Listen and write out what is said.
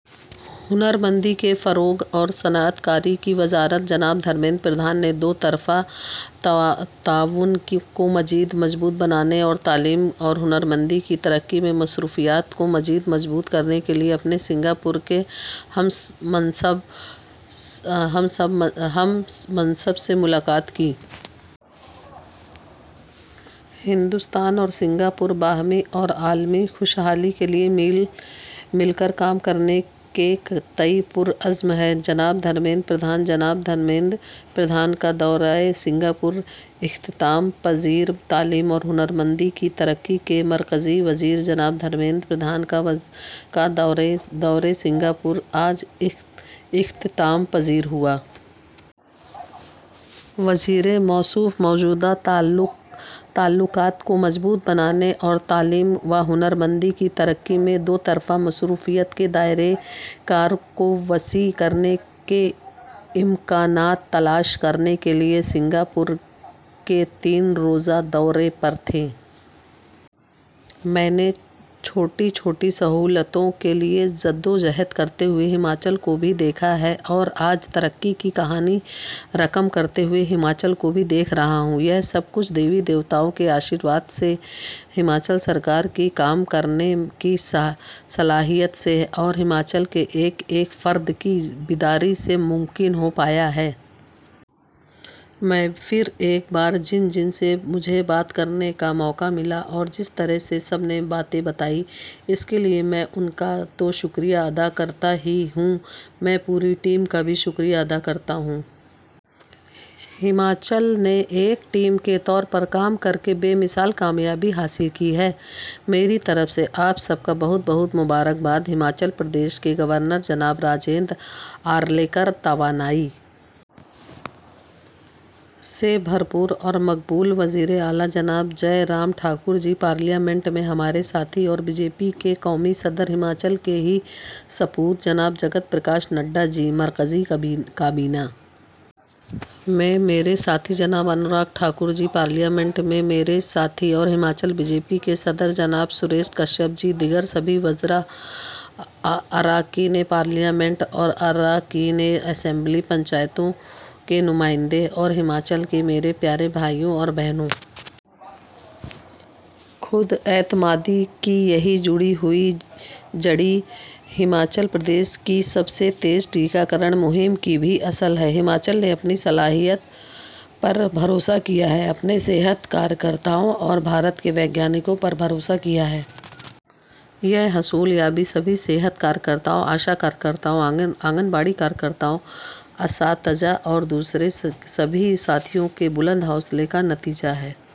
ہنرمندی کے فروغ اور صنعت کاری کی وزارت: جناب دھرمیندر پردھان نے دوطرفہ تعاون کو مزید مضبوط بنانے اور تعلیم اور ہنرمندی کی ترقی میں مصروفیات کو مزید مضبوط کرنے کے لیے اپنے سنگاپور کے ہم منصب سے ملاقات کی۔ ہندوستان اور سنگاپور باہمی اور عالمی خوشحالی کے لیے مل کر کام کرنے کے تئیں پرعزم ہیں: جناب دھرمیندر پردھان۔ جناب دھرمیندر پردھان کا دورۂ سنگاپور اختتام پذیر۔ تعلیم اور ہنرمندی کی ترقی کے مرکزی وزیر جناب دھرمیندر پردھان کا سنگاپور کا دورہ آج اختتام پذیر ہوا۔ وزیر موصوف موجودہ تعلقات کو مضبوط بنانے اور تعلیم و ہنرمندی کی ترقی میں دوطرفہ مشغولیت کے دائرۂ کار کو وسیع کرنے کے امکانات تلاش کرنے کے لیے سنگاپور کے تین روزہ دورے پر تھے۔ میں نے چھوٹی چھوٹی سہولتوں کے لیے جدوجہد کرتے ہوئے ہماچل کو بھی دیکھا ہے اور آج ترقی کی کہانی رقم کرتے ہوئے ہماچل کو بھی دیکھ رہا ہوں۔ یہ سب کچھ دیوی دیوتاؤں کے آشیرواد سے، ہماچل حکومت کی کام کرنے کی صلاحیت سے اور ہماچل کے ایک ایک فرد کی بیداری سے ممکن ہو پایا ہے۔ میں پھر ایک بار جن جن سے مجھے بات کرنے کا موقع ملا اور جس طرح سے سب نے باتیں بتائیں، اس کے لیے میں ان کا تو شکریہ ادا کرتا ہی ہوں، میں پوری ٹیم کا بھی شکریہ ادا کرتا ہوں۔ ہماچل نے ایک ٹیم کے طور پر کام کرکے بے مثال کامیابی حاصل کی ہے۔ میری طرف سے آپ سب کو بہت بہت مبارک باد۔ ہماچل پردیش کے گورنر جناب راجیندر آریلیکر، توانائی سے بھرپور اور مقبول وزیر اعلیٰ جناب جے رام ٹھاکر جی، پارلیمنٹ میں ہمارے ساتھی اور بی جے پی کے قومی صدر، ہماچل کے ہی سپوت جناب جگت پرکاش نڈا جی، مرکزی کابینہ میں میرے ساتھی جناب انوراگ ٹھاکر جی، پارلیمنٹ میں میرے ساتھی اور ہماچل بی جے پی کے صدر جناب سریش کشیپ جی، دیگر سبھی وزراء، اراکینِ پارلیمنٹ اور اراکینِ اسمبلی، پنچایتوں کے نمائندے اور ہماچل کے میرے پیارے بھائیو اور بہنو! خود اعتمادی کی یہی جڑی بوٹی ہماچل پردیش کی سب سے تیز ٹیکہ کاری مہم کی بھی اصل ہے۔ ہماچل نے اپنی صلاحیت پر بھروسہ کیا ہے۔ اپنے صحت کارکنوں اور بھارت کے سائنس دانوں پر بھروسہ کیا ہے۔ یہ حصول یابی سبھی صحت کارکنوں، آشا کارکنوں، آنگن واڑی کارکنوں، اساتذہ اور دوسرے سبھی ساتھیوں کے بلند حوصلے کا نتیجہ ہے۔